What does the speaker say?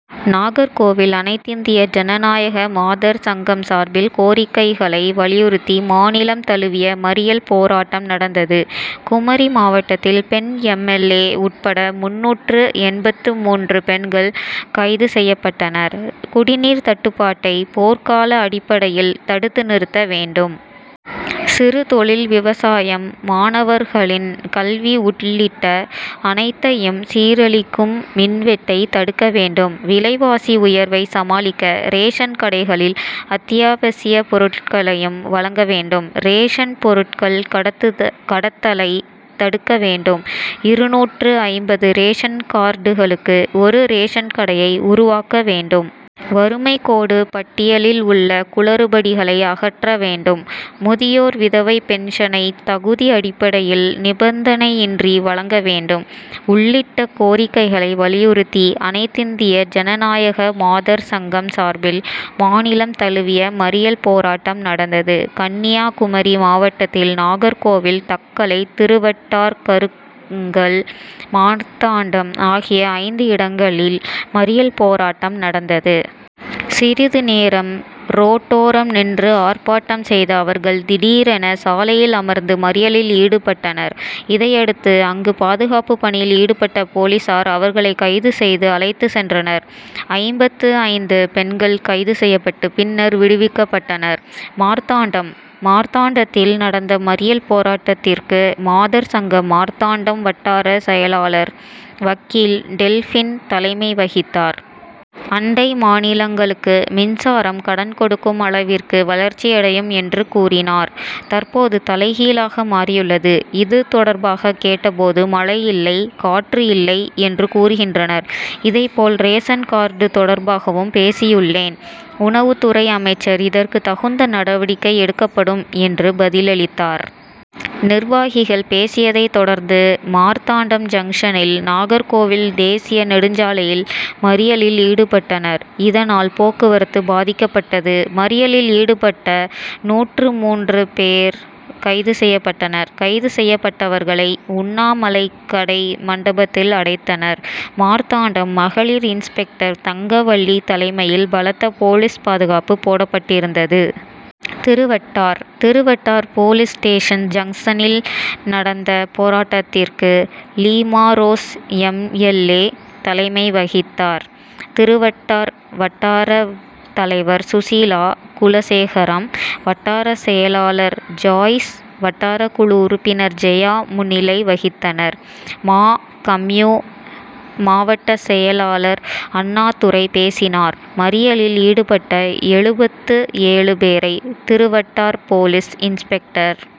நாகர்கோவில் அனைத்திந்திய ஜனநாயக மாதர் சங்கம் சார்பில் கோரிக்கைகளை வலியுறுத்தி மாநிலம் தழுவிய மறியல் போராட்டம் நடந்தது. குமரி மாவட்டத்தில் பெண் எம். எல். ஏ. உட்பட முந்நூற்று எண்பத்து மூன்று பெண்கள் கைது செய்யப்பட்டனர். குடிநீர் தட்டுப்பாட்டை போர்கால அடிப்படையில் தடுத்து நிறுத்த வேண்டும். சிறுதொழில் விவசாயம் மாணவர்களின் கல்வி உள்ளிட்ட அனைத்தையும் சீரழிக்கும் மின்வெட்டை தடுக்க வேண்டும். விலைவாசி உயர்வை சமாளிக்க ரேஷன் கடைகளில் அத்தியாவசிய பொருட்களையும் வழங்க வேண்டும். ரேஷன் பொருட்கள் கடத்தலை தடுக்க வேண்டும். இருநூற்று ஐம்பது ரேஷன் கார்டுகளுக்கு ஒரு ரேஷன் கடையை உருவாக்க வேண்டும். வறுமைக்கோடு பட்டியலில் உள்ள குளறுபடிகளை அகற்ற வேண்டும். முதியோர் விதவை பென்ஷனை தகுதி அடிப்படையில் நிபந்தனையின்றி வழங்க வேண்டும். உள்ளிட்ட கோரிக்கைகளை வலியுறுத்தி அனைத்திந்திய ஜனநாயக மாதர்சங்கம் சார்பில் மாநிலம் தழுவிய மறியல் போராட்டம் நடந்தது. கன்னியாகுமரி மாவட்டத்தில் நாகர்கோவில் தக்கலை திருவட்டார் கருங்கல் மார்த்தாண்டம் ஆகிய ஐந்து இடங்களில் மறியல் போராட்டம் நடந்தது. சிறிதுநேரம் ரோட்டோரம் நின்று ஆர்ப்பாட்டம் செய்த அவர்கள் திடீரென சாலையில் அமர்ந்து மறியலில் ஈடுபட்டனர். இதையடுத்து அங்கு பாதுகாப்பு பணியில் ஈடுபட்ட போலீசார் அவர்களை கைது செய்து அழைத்து சென்றனர். ஐம்பத்து ஐந்து பெண்கள் கைது செய்யப்பட்டு பின்னர் விடுவிக்கப்பட்டனர். மார்த்தாண்டம் மார்த்தாண்டத்தில் நடந்த மறியல் போராட்டத்திற்கு மாதர் சங்க மார்த்தாண்டம் வட்டார செயலாளர் வக்கீல் டெல்பின் தலைமை வகித்தார். அண்டை மாநிலங்களுக்கு மின்சாரம் கடன் கொடுக்கும் அளவிற்கு வளர்ச்சியடையும் என்று கூறினார். தற்போது தலைகீழாக மாறியுள்ளது. இது தொடர்பாக கேட்ட போது மழை இல்லை. காற்று இல்லை என்று கூறுகின்றனர். இதை போல் ரேஷன் கார்டு தொடர்பாகவும் பேசியுள்ளேன். உணவுத்துறை அமைச்சர் இதற்கு தகுந்த நடவடிக்கை எடுக்கப்படும் என்று பதிலளித்தார். நிர்வாகிகள் பேசியதை தொடர்ந்து மார்த்தாண்டம் ஜங்ஷனில் நாகர்கோவில் தேசிய நெடுஞ்சாலையில் மறியலில் ஈடுப்பட்டனர். இதனால் போக்குவரத்து பாதிக்கப்பட்டது. மறியலில் ஈடுபட்ட நூற்று மூன்று பேர் கைது செய்யப்பட்டனர். கைது செய்யப்பட்டவர்களை உண்ணாமலைக்கடை மண்டபத்தில் அடைத்தனர். மார்த்தாண்டம் மகளிர் இன்ஸ்பெக்டர் தங்கவள்ளி தலைமையில் பலத்த போலீஸ் பாதுகாப்பு போடப்பட்டிருந்தது. திருவட்டார் திருவட்டார் போலீஸ் ஸ்டேஷன் ஜங்ஷனில் நடந்த போராட்டத்திற்கு லீமாறோஸ் எம். எல். ஏ. தலைமை வகித்தார். திருவட்டார் வட்டார தலைவர் சுசீலா குலசேகரம் வட்டார செயலாளர் ஜாய்ஸ் வட்டாரக்குழு உறுப்பினர் ஜெயா முன்னிலை வகித்தனர். மா. கம்யூ. மாவட்ட செயலாளர் அண்ணாத்துரை பேசினார். மறியலில் ஈடுபட்ட எழுபத்து ஏழு பேரை திருவட்டார் போலீஸ் இன்ஸ்பெக்டர்